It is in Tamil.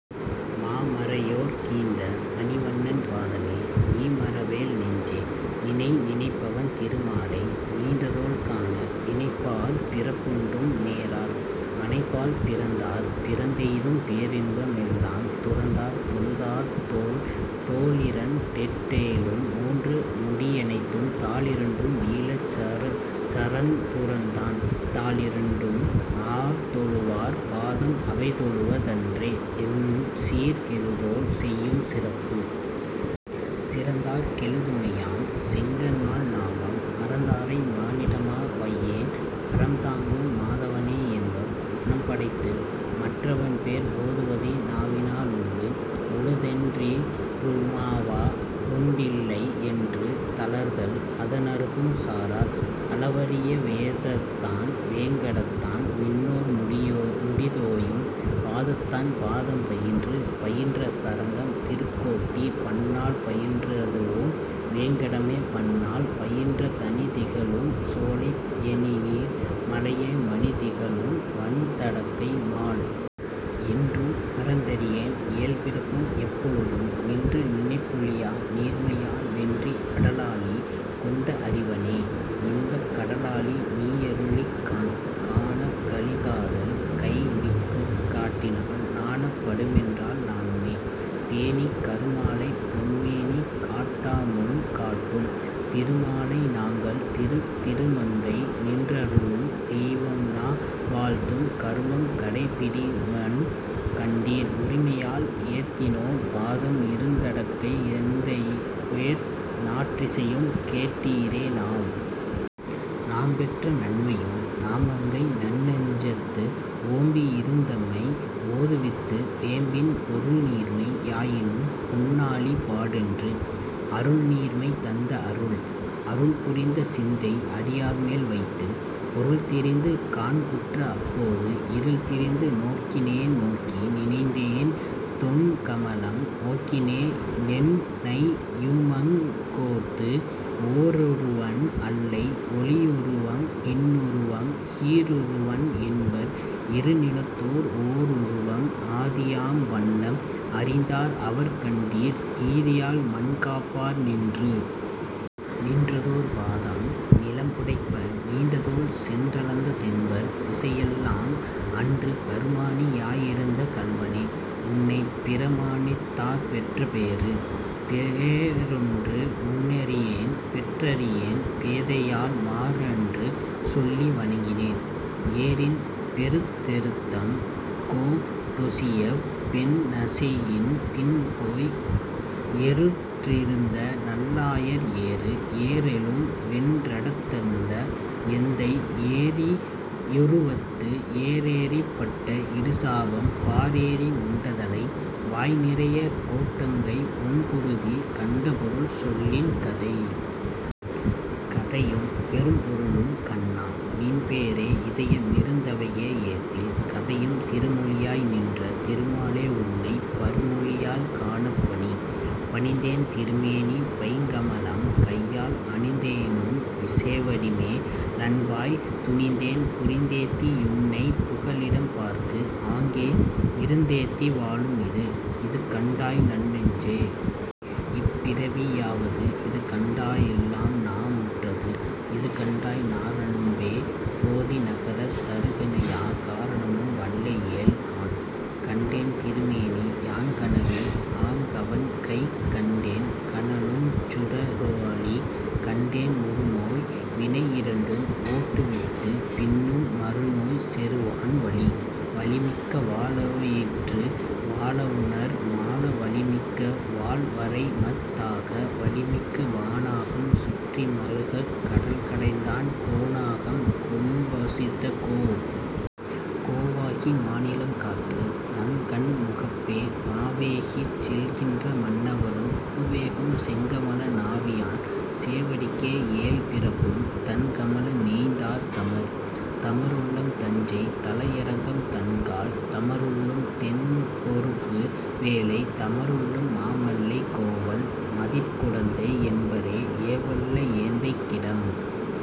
மாமறையோர்க் கீந்த மணிவண்ணன் பாதமே, நீமறவேல் நெஞ்சே. நினை. நினைப்பன் திருமாலை நீண்டதோள் காண, நினைப்பார் பிறப்பொன்றும் நேரார், மனைப்பால் பிறந்தார் பிறந்தெய்தும் பேரின்ப மெல்லாம், துறந்தார் தொழுதாரத் தோள். தோளிரண் டெட்டேழும் மூன்று முடியனைத்தும், தாளிரண்டும் வீழச் சரந்துரந்தான், தாளிரண்டும், ஆர்தொழுவார் பாதம் அவைதொழுவ தன்றே, என் சீர்கெழுதோள் செய்யும் சிறப்பு? சிறந்தார்க் கெழுதுணையாம் செங்கண்மால் நாமம், மறந்தாரை மானிடமா வையேன், அறம்தாங்கும் மாதவனே யென்னும் மனம்படைத்து, மற்றவன்பேர் ஓதுவதே நாவினா லுள்ளு. உளதென் றிறுமாவா ருண்டில்லை யென்று, தளர்தல் அதனருகும் சாரார், அளவரிய வேதத்தான் வேங்கடத்தான் விண்ணோர் முடிதோயும், பாதத்தான் பாதம் பயின்று. பயின்ற தரங்கம் திருக்கோட்டி, பன்னாள் பயின்றதுவும் வேங்கடமே பன்னாள், பயின்ற தணிதிகழும் சோலை யணிநீர் மலையே மணிதிகழும் வண்தடக்கை மால். என்றும் மறந்தறியேன் ஏழ்பிறப்பும் எப்பொழுதும், நின்று நினைப்பொழியா நீர்மையால், வென்றி அடலாழி கொண்ட அறிவனே, இன்பக் கடலாழி நீயருளிக் காண். காணக் கழிகாதல் கைமிக்குக் காட்டினால், நாணப் படுமென்றால் நாணுமே? பேணிக் கருமாலைப் பொன்மேனி காட்டாமுன் காட்டும், திருமாலை நாங்கள் திரு. திருமங்கை நின்றருளும் தெய்வம்நா வாழ்த்தும், கருமம் கடைப்பிடிமன் கண்டீர், உரிமையால் ஏத்தினோம் பாதம் இருந்தடக்கை எந்தைபேர், நாற்றிசையும் கேட்டீரே நாம்? நாம்பெற்ற நன்மையும் நாமங்கை நன்னெஞ்சத்து ஓம்பி யிருந்தெம்மை ஓதுவித்து, வேம்பின் பொருள்நீர்மை யாயினும் பொன்னாழி பாடென்று, அருள்நீர்மை தந்த அருள். அருள் புரிந்த சிந்தை அடியார்மேல் வைத்து, பொருள்தெரிந்து காண்குற்ற அப்போது, இருள்திரிந்து நோக்கினேன் நோக்கி நினைந்தேன தொண்கமலம், ஓக்கினே னென்னையுமங் கோர்ந்து. ஓருருவன் அல்லை ஒளியுருவம் நின்னுருவம், ஈருருவன் என்பர் இருநிலத்தோர், ஓருருவம் ஆதியாம் வண்ணம் அறிந்தார் அவர்கண்டீர், நீதியால் மண்காப்பார் நின்று. நின்றதோர் பாதம் நிலம்புடைப்ப, நீண்டதோள் சென்றளந்த தென்பர் திசையெல்லாம், அன்று கருமாணி யாயிரந்த கள்வனே, உன்னைப் பிரமாணித் தார்பெற்ற பேறு. பேறொன்று முன்னறியேன் பெற்றறியேன் பேதையால், மாறென்று சொல்லிவணங்கினேன், ஏறின் பெருத்தெருத்தம் கோடொசியப் பெண்நசையின் பின் போய், எருத்திருந்த நல்லாயர் ஏறு. ஏறேழும் வென்றடர்த்த எந்தை, எரியுருவத்து ஏறேறிப் பட்ட இடுசாபம் பாறேறி உண்டதலை வாய்நிறையக் கோட்டங்கை ஒண்குருதி, கண்டபொருள் சொல்லின் கதை. கதையும் பெரும்பொருளும் கண்ணா. நின் பேரே, இதய மிருந்தவையே ஏத்தில், கதையும் திருமொழியாய் நின்ற திருமாலே உன்னைப், பருமொழியால் காணப் பணி. பணிந்தேன் திருமேனி பைங்கமலம் கையால் அணிந்தேனுன் சேவடிமே லன்பாய், துணிந்தேன் புரிந்தேத்தி யுன்னைப் புகலிடம்பார்த்து, ஆங்கே இருந்தேத்தி வாழும் இது. இது கண்டாய் நன்னெஞ்சே. இப்பிறவி யாவது, இதுகண்டா யெல்லாம்நா முற்றது, இதுகண்டாய் நாரணன்பே ரோதி நகரத் தருகணையா, காரணமும் வல்லையேல் காண். கண்டேன் திருமேனி யான்கனவில், ஆங்கவன்கைக் கண்டேன் கனலுஞ் சுடராழி, கண்டேன் உறுநோய் வினையிரண்டும் ஓட்டுவித்து, பின்னும் மறுநோய் செறுவான் வலி. வலிமிக்க வாளெயிற்று வாளவுணர் மாள வலிமிக்க வாள்வரைமத் தாக, வலிமிக்க வாணாகம் சுற்றி மறுகக் கடல்கடைந்தான், கோணாகம் கொம்பொசித்த கோ. கோவாகி மாநிலம் காத்து, நங் கண்முகப்பே மாவேகிச் செல்கின்ற மன்னவரும் பூவேகும் செங்கமல நாபியான் சேவடிக்கே யேழ்பிறப்பும், தண்கமல மேய்ந்தார் தமர். தமருள்ளம் தஞ்சை தலையரங்கம் தண்கால், தமருள்ளும் தண்பொருப்பு வேலை, தமருள்ளும் மாமல்லை கோவல் மதிட்குடந்தை யென்பரே, ஏவல்ல எந்தைக் கிடம்.